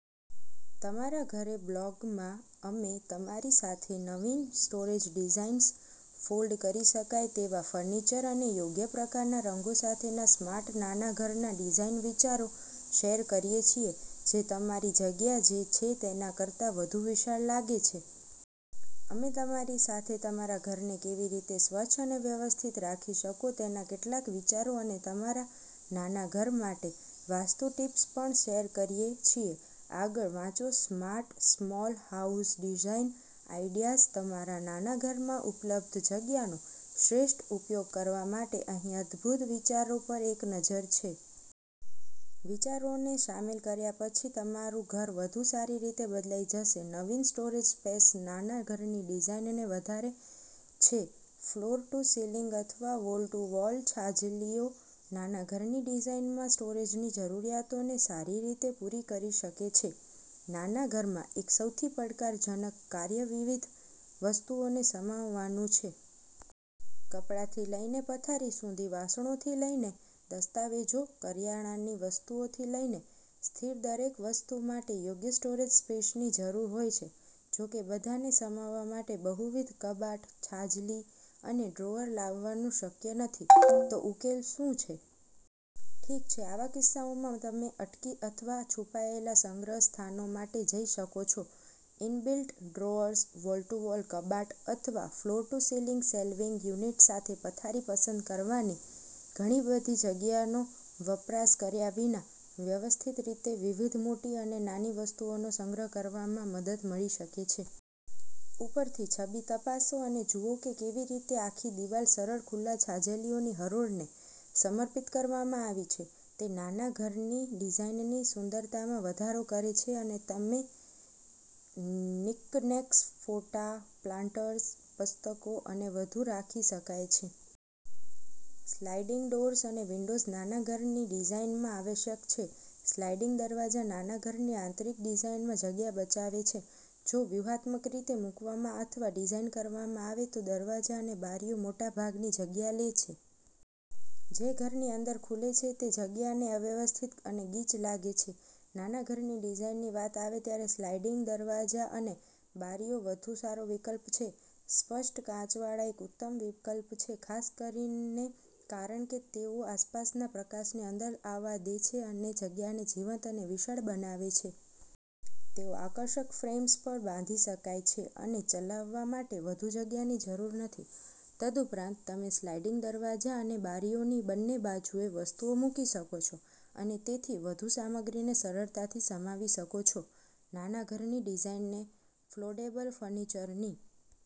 તમારા ઘરે. બ્લોગમાં, અમે તમારી સાથે નવીન સ્ટોરેજ ડિઝાઇન્સ, ફોલ્ડ કરી શકાય તેવા ફર્નિચર અને યોગ્ય પ્રકારના રંગો સાથેના સ્માર્ટ નાના ઘરના ડિઝાઇન વિચારો શેર કરીએ છીએ જે તમારી જગ્યા જે છે તેના કરતા વધુ વિશાળ લાગે છે. અમે તમારી સાથે તમારા ઘરને કેવી રીતે સ્વચ્છ અને વ્યવસ્થિત રાખી શકો તેના કેટલાક વિચારો અને તમારા નાના ઘર માટે વાસ્તુ ટિપ્સ પણ શેર કરીએ છીએ. આગળ વાંચોસ્માર્ટ સ્મોલ હાઉસ ડિઝાઇન આઇડિયાઝ તમારા નાના ઘરમાં ઉપલબ્ધ જગ્યાનો શ્રેષ્ઠ ઉપયોગ કરવા માટે અહીં અદ્ભુત વિચારો પર એક નજર છે. વિચારોને સામેલ કર્યા પછી તમારું ઘર વધુ સારી રીતે બદલાઈ જશે. નવીન સ્ટોરેજ સ્પેસ નાના ઘરની ડિઝાઇનને વધારે છેફ્લોર ટુ સીલિંગ અથવા વોલ ટુ વોલ છાજલીઓ નાના ઘરની ડિઝાઇનમાં સ્ટોરેજની જરૂરિયાતોને સારી રીતે પૂરી કરી શકે છે નાના ઘરમાં એક સૌથી પડકારજનક કાર્યવિવિધ વસ્તુઓને સમાવવાનું છે. કપડાંથી લઈને પથારી સુધી, વાસણોથી લઈને દસ્તાવેજો, કરિયાણાની વસ્તુઓથી લઈને સ્થિરદરેક વસ્તુ માટે યોગ્ય સ્ટોરેજ સ્પેસની જરૂર હોય છે. જો કે, બધાને સમાવવા માટે બહુવિધ કબાટ, છાજલી અને ડ્રોઅર લાવવાનું શક્ય નથી. તો, ઉકેલ શું છે? ઠીક છે, આવા કિસ્સાઓમાં, તમે અટકી અથવા છુપાયેલા સંગ્રહ સ્થાનો માટે જઈ શકો છો. Inbuilt drawers, wall to wall કબાટ અથવા floor to ceiling shelving unit સાથે પથારી પસંદ કરવાથી ઘણી બધી જગ્યાનો વપરાશ કર્યા વિના વ્યવસ્થિત રીતે વિવિધ મોટી અને નાની વસ્તુઓનો સંગ્રહ કરવામાં મદદ મળી શકે છે. ઉપરની છબી તપાસો અને જુઓ કે કેવી રીતે આખી દિવાલ સરળ ખુલ્લા છાજલીઓની હરોળને સમર્પિત કરવામાં આવી છે. તે નાના ઘરની ડિઝાઇનની સુંદરતામાં વધારો કરે છે અને તેમાં નિક્કનેક્સ, ફોટા, પ્લાન્ટર્સ, પુસ્તકો અને વધુ રાખી શકાય છે. સ્લાઇડિંગ ડોર્સ અને વિન્ડોઝ નાના ઘરની ડિઝાઇનમાં આવશ્યક છે સ્લાઇડિંગ દરવાજા નાના ઘરની આંતરિક ડિઝાઇનમાં જગ્યા બચાવે છે જો વ્યૂહાત્મક રીતે મૂકવામાં અથવા ડિઝાઇનકરવામાં આવે તો દરવાજા અને બારીઓ મોટાભાગની જગ્યા લે છે. જે ઘરની અંદર ખુલે છે તે જગ્યાને અવ્યવસ્થિત અને ગીચ લાગે છે. નાના ઘરની ડિઝાઇનની વાત આવે ત્યારે સ્લાઇડિંગ દરવાજા અને બારીઓ વધુ સારો વિકલ્પ છે. સ્પષ્ટ કાચવાળા એક ઉત્તમ વિકલ્પ છે, ખાસ કરીને કારણ કે તેઓ આસપાસના પ્રકાશને અંદર આવવા દે છે અને જગ્યાને જીવંત અને વિશાળ બનાવે છે. તેઓ આકર્ષક ફ્રેમ્સ પર બાંધી શકાય છે અને ચલાવવા માટે વધુ જગ્યાની જરૂર નથી. તદુપરાંત, તમે સ્લાઇડિંગ દરવાજા અને બારીઓની બંને બાજુએ વસ્તુઓ મૂકી શકો છો અને તેથી વધુ સામગ્રીને સરળતાથી સમાવી શકો છો. નાના ઘરની ડિઝાઇનને ફોલ્ડેબલ ફર્નિચરની